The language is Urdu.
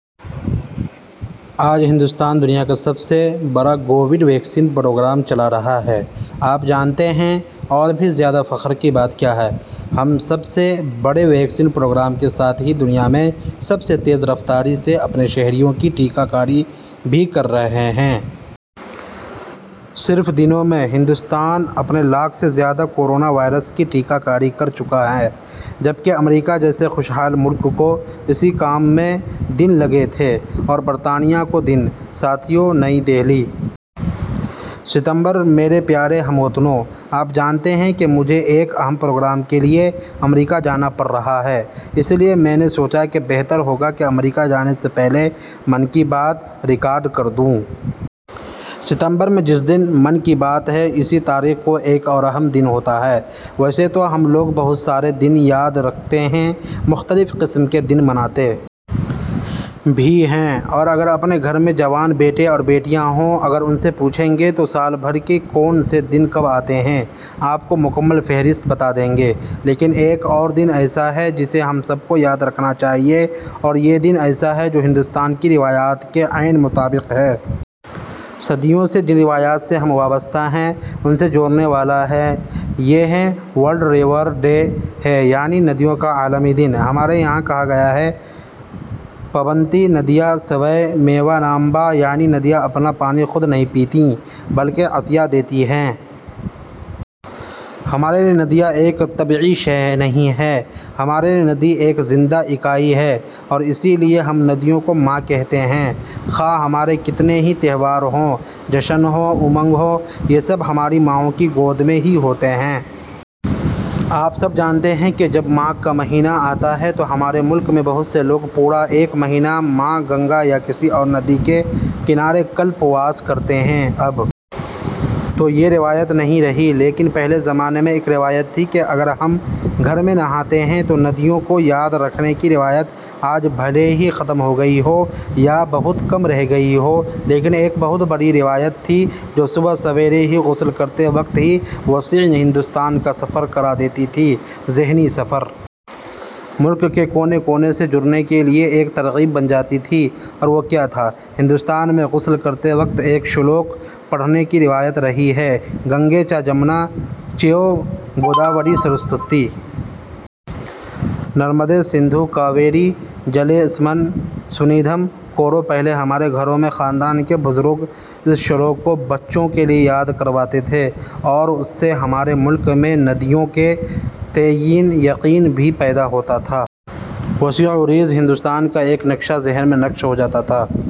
آج ہندوستان دنیا کا سب سے بڑاکووڈ ویکسین پروگرام چلا رہا ہے۔ آپ جانتے ہیں، اور بھی زیادہ فخر کی بات کیا ہے ؟ ہم سب سے بڑے ویکسین پروگرام کے ساتھ ہی دنیا میں سب سے تیز رفتاری سے اپنے شہریوں کی ٹیکہ کاری بھی کر رہے ہیں۔ صرف دنوں میں، ہندوستان ، اپنے لاکھ سے زیادہ، کورونا واریرس کی ٹیکہ کاری کر چکا ہے، جبکہ، امریکہ جیسے خوشحال ملک کو، اسی کام میں، دن لگے تھے اور برطانیہ کو دن۔ ساتھیو! نئی دہلی۔ ستمبر میرے پیارے ہم وطنو! آپ جانتے ہیں کہ مجھے ایک اہم پروگرام کے لیے امریکہ جانا پڑ رہا ہے اس لیے میں نے سوچا کہ بہتر ہوگا کہ امریکہ جانے سے پہلے 'من کی بات' ریکارڈ کردوں ۔ ستمبر میں جس دن 'من کی بات' ہے اسی تاریخ کو ایک اور اہم دن ہوتا ہے۔ ویسے تو ہم لوگ بہت سارے دن یاد رکحتے ہیں ، مختلف قسم کے دن مناتے بھی ہیں ، اور اگر اپنے گھر میں جوان بیٹے اور بیٹیاں ہوں ، اگر ان سے پوچھیں گے تو سال بھر کے کون سے دن کب آتے ہیں ، آپ کو مکمل فہرست بتادیں گے ، لیکن ایک اور دن ایسا ہے جسے ہم سب کو یاد رکھنا چاہیے اور یہ دن ایسا ہے جو ہندوستان کی روایات کے عین مطابق ہے۔ صدیوں سے جن روایات سے ہم وابستہ ہیں ان سے جوڑنے والا ہے ۔ یہ ہے 'ورلڈ ریور ڈے' ہے یعنی 'ندیوں کا عالمی دن '۔ ہمارے یہاں کہا گیا ہے – "پبنتی ندیہ ، سوے – میو نامبہ: یعنی ندیاں اپنا پانی خود نہیں پیتیں ، بلکہ عطیہ دیتی ہیں۔ ہمارے لیے ندیاں ایک طبعی شئے نہیں ہے، ہمارے لیے ندی ایک زندہ اکائی ہے اور اسی لیے ہم ندیوں کو ماں کہتے ہیں۔ خواہ ہمارے کتنے ہی تہوار ہوں ، جشن ہو، امنگ ہو، یہ سب ہماری ماؤں کی گود میں ہی ہوتے ہیں۔ آپ سب جانتے ہیں کہ جب ماگھ کا مہینہ آتا ہے تو ہمارے ملک میں بہت سے لوگ پورا ایک مہینہ ماں گنگا یا کسی اورندی کے کنارے کلپ واس کرتے ہیں۔ اب تو یہ روایت نہیں رہی ، لیکن پہلے زمانے میں ایک روایت تھی کہ اگر ہم گھر میں نہاتے ہیں تو ندیوں کو یاد رکھنے کی روایت آج بھلے ہی ختم ہو گئی ہو یا بہت کم رہ گئی ہو لیکن ایک بہت بڑی روایت تھی جو صبح سویرے ہی غسل کرتے وقت ہی وسیع ہندوستان کا سفر کرا دیتی تھی ، ذہنی سفر! ملک کے کونے کونے سے جڑنے کے لیے ایک ترغیب بن جاتی تھی۔ اور وہ کیا تھا ، ہندوستان میں غسل کرتے وقت ایک شلوک پڑھنے کی روایت رہی ہے– گنگے چا جمنا چیو گوداوری سرسوتی۔ نرمدے سندھو کاویری جلے اسمن سنیدھم کورو پہلے ہمارے گھروں میں خاندان کے بزرگ اس شلوک کو بچوں کے لیے یاد کرواتے تھے اور اس سے ہمارے ملک میں نیدیوں کے تئیں یقین بھی پیدا ہوتا تھا۔ وسیع و عریض ہندوستان کا ایک نقشہ ذہن میں نقش ہوجاتا تھا۔